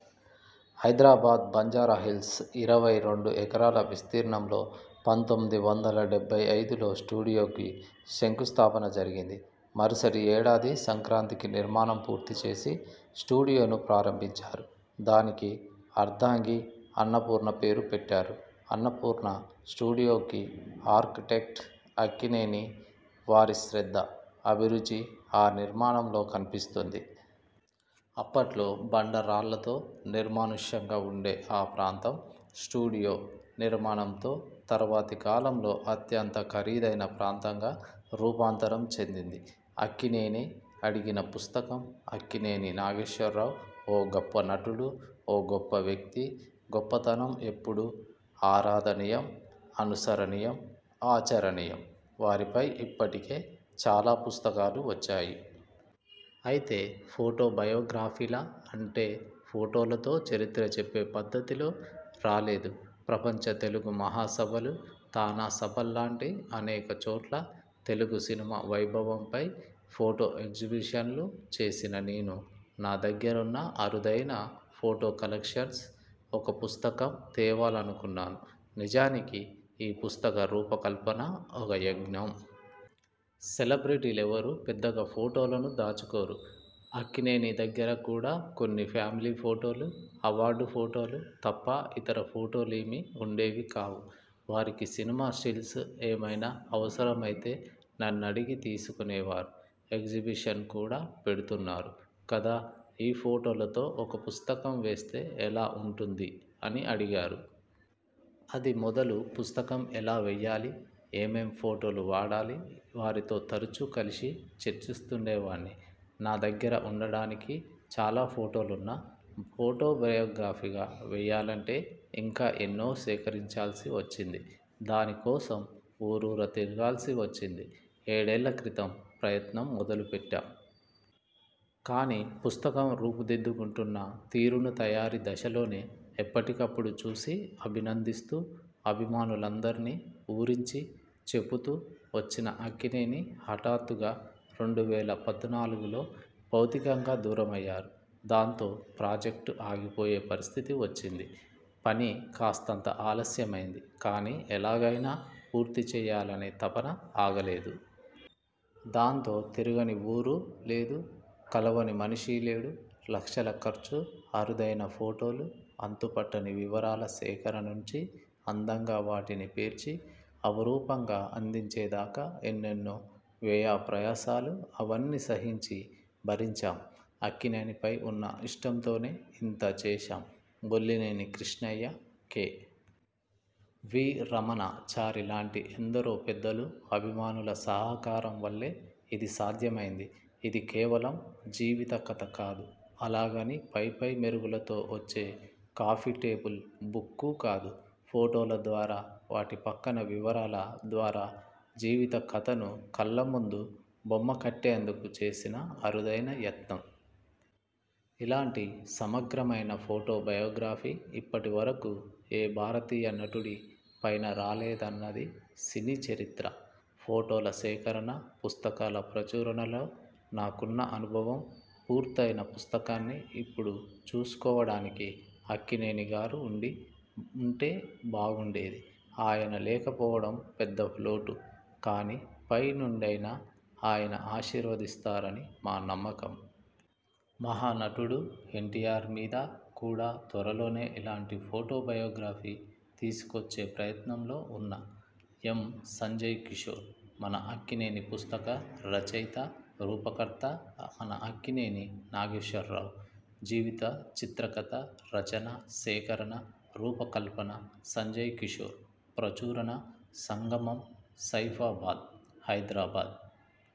Hyderabad Banjara Hills ఇరవై రెండు ఎకరాల విస్తీర్ణంలో పంతొమ్మిది వందల డెబ్బై ఐదులో స్టూడియోకు శంకుస్థాపన జరిగింది. మరుసటి ఏడాది సంక్రాంతికి నిర్మాణం పూర్తి చేసి, స్టూడియోను ప్రారంభించారు. దానికి అర్ధాంగి అన్నపూర్ణ పేరు పెట్టారు. అన్నపూర్ణా స్టూడియోకు ఆర్కిటెక్ట్ అక్కినేనే. వారి శ్రద్ధ, అభిరుచి ఆ నిర్మాణంలో కనిపిస్తుంది. అప్పట్లో బండ రాళ్ళతో, నిర్మానుష్యంగా ఉండే ఆ ప్రాంతం స్టూడియో నిర్మాణంతో, తరువాతి కాలంలో అత్యంత ఖరీదైన ప్రాంతంగా రూపాంతరం చెందింది. అక్కినేని అడిగిన పుస్తకం ''అక్కినేని నాగేశ్వరరావు! ఓ గొప్ప నటుడు. ఓ గొప్ప వ్యక్తి. గొప్పతనం ఎప్పుడూ ఆరాధనీయం అనుసరణీయం ఆచరణీయం! వారిపై ఇప్పటికే చాలా పుస్తకాలు వచ్చాయి. అయితే, ఫోటో బయోగ్రఫీలా అంటే, ఫోటోలతో చరిత్ర చెప్పే పద్ధతిలో రాలేదు. ప్రపంచ తెలుగు మహాసభలు, తానా సభల్లాంటి అనేక చోట్ల తెలుగు సినిమా వైభవంపై ఫోటో ఎగ్జిబిషన్లు చేసిన నేను నా దగ్గరున్న అరుదైన ఫోటో కలెక్షన్స్తో ఒక పుస్తకం తేవాలనుకున్నాను. నిజానికి, ఈ పుస్తక రూపకల్పన ఒక యజ్ఞం. సెలబ్రిటీలెవరూ పెద్దగా ఫోటోలను దాచుకోరు. అక్కినేని దగ్గర కూడా కొన్ని ఫ్యామిలీ ఫోటోలు, అవార్డు ఫోటోలు తప్ప ఇతర ఫోటోలేమీ ఉండేవి కావు. వారికి సినిమా స్టిల్స్ ఏమైనా అవసరమైతే నన్నడిగి తీసుకొనేవారు. ఎగ్జిబిషన్స్ కూడా పెడుతున్నారు కదా. ఈ ఫోటోలతో ఒక పుస్తకం వేస్తే ఎలా ఉంటుంది' అని అడిగారు. అది మొదలు పుస్తకం ఎలా వేయాలి, ఏమేం ఫోటోలు వాడాలి వారితో తరచూ కలసి చర్చిస్తుండేవాణ్ణి. నా దగ్గర ఉండడానికి చాలా ఫోటోలున్నా, ఫోటో బయోగ్రఫీగా వేయాలంటే ఇంకా ఎన్నో సేకరించాల్సి వచ్చింది. దాని కోసం ఊరూరూ తిరగాల్సి వచ్చింది. ఏడేళ్ళ క్రితం ప్రయత్నం మొదలుపెట్టాం. కానీ, పుస్తకం రూపుదిద్దుకుంటున్న తీరును తయారీ దశలోనే ఎప్పటికప్పుడు చూసి, అభినందిస్తూ, అభిమానులందరినీ ఊరించి చెబుతూ వచ్చిన అక్కినేని హఠాత్తుగా రెండు వేల పద్నాలుగులో భౌతికంగా దూరమయ్యారు. దాంతో ప్రాజెక్టు ఆగిపోయే పరిస్థితి వచ్చింది. పనీ కాస్తంత ఆలస్యమైంది. కానీ, ఎలాగైనా పూర్తి చేయాలనే తపన ఆగలేదు. దాంతో, తిరగని ఊరు లేదుకలవని మనిషి లేడు. లక్షల ఖర్చుఅరుదైన ఫోటోలు, అంతు పట్టని వివరాల సేకరణ నుంచి, అందంగా వాటిని పేర్చి, అపురూపంగా అందించే దాకా ఎన్నెన్నో వ్యయ ప్రయాసలు. అవన్నీ సహించి, భరించాం. అక్కినేనిపై ఉన్న ఇష్టంతోనే ఇంతా చేశాం. బొల్లినేని కృష్ణయ్య, కె. వి. రమణా చారి లాంటి ఎందరో పెద్దలు, అభిమానుల సహకారం వల్లే ఇది సాధ్యమైంది. ఇది కేవలం జీవిత కథ కాదు అలాగని పై పై మెరుగులతో వచ్చే కాఫీటేబుల్ బుక్కూ కాదు. ఫోటోల ద్వారా, వాటి పక్కన వివరాల ద్వారా జీవిత కథను కళ్ళ ముందు బొమ్మ కట్టేందుకు చేసిన అరుదైన యత్నం. ఇలాంటి సమగ్రమైన ఫోటో బయోగ్రఫీ ఇప్పటి వరకు ఏ భారతీయ నటుడి పైనా రాలేదన్నది సినీ చరిత్ర, ఫోటోల సేకరణ, పుస్తకాల ప్రచురణలో నాకున్న అనుభవం. పూర్తయిన పుస్తకాన్ని ఇప్పుడు చూసుకోవడానికి అక్కినేని గారు ఉండి ఉంటే బాగుండేది. ఆయన లేకపోవడం పెద్ద లోటు. కానీ, పై నుండైనా ఆయన ఆశీర్వదిస్తారని మా నమ్మకం. మహానటుడు ఎన్టీయార్ మీద కూడా త్వరలోనే ఇలాంటి ఫోటో బయోగ్రఫీ తీసుకొచ్చే ప్రయత్నంలో ఉన్నా ఎం. సంజయ్ కిషోర్, 'మన అక్కినేని' పుస్తక రచయిత, రూపకర్త, మన అక్కినేని నాగేశ్వరరావు జీవిత చిత్రకథ రచన, సేకరణ, రూప కల్పన సంజయ్ కిషోర్ ప్రచురణ సంగమం, సైఫాబాద్, హైదరాబాద్.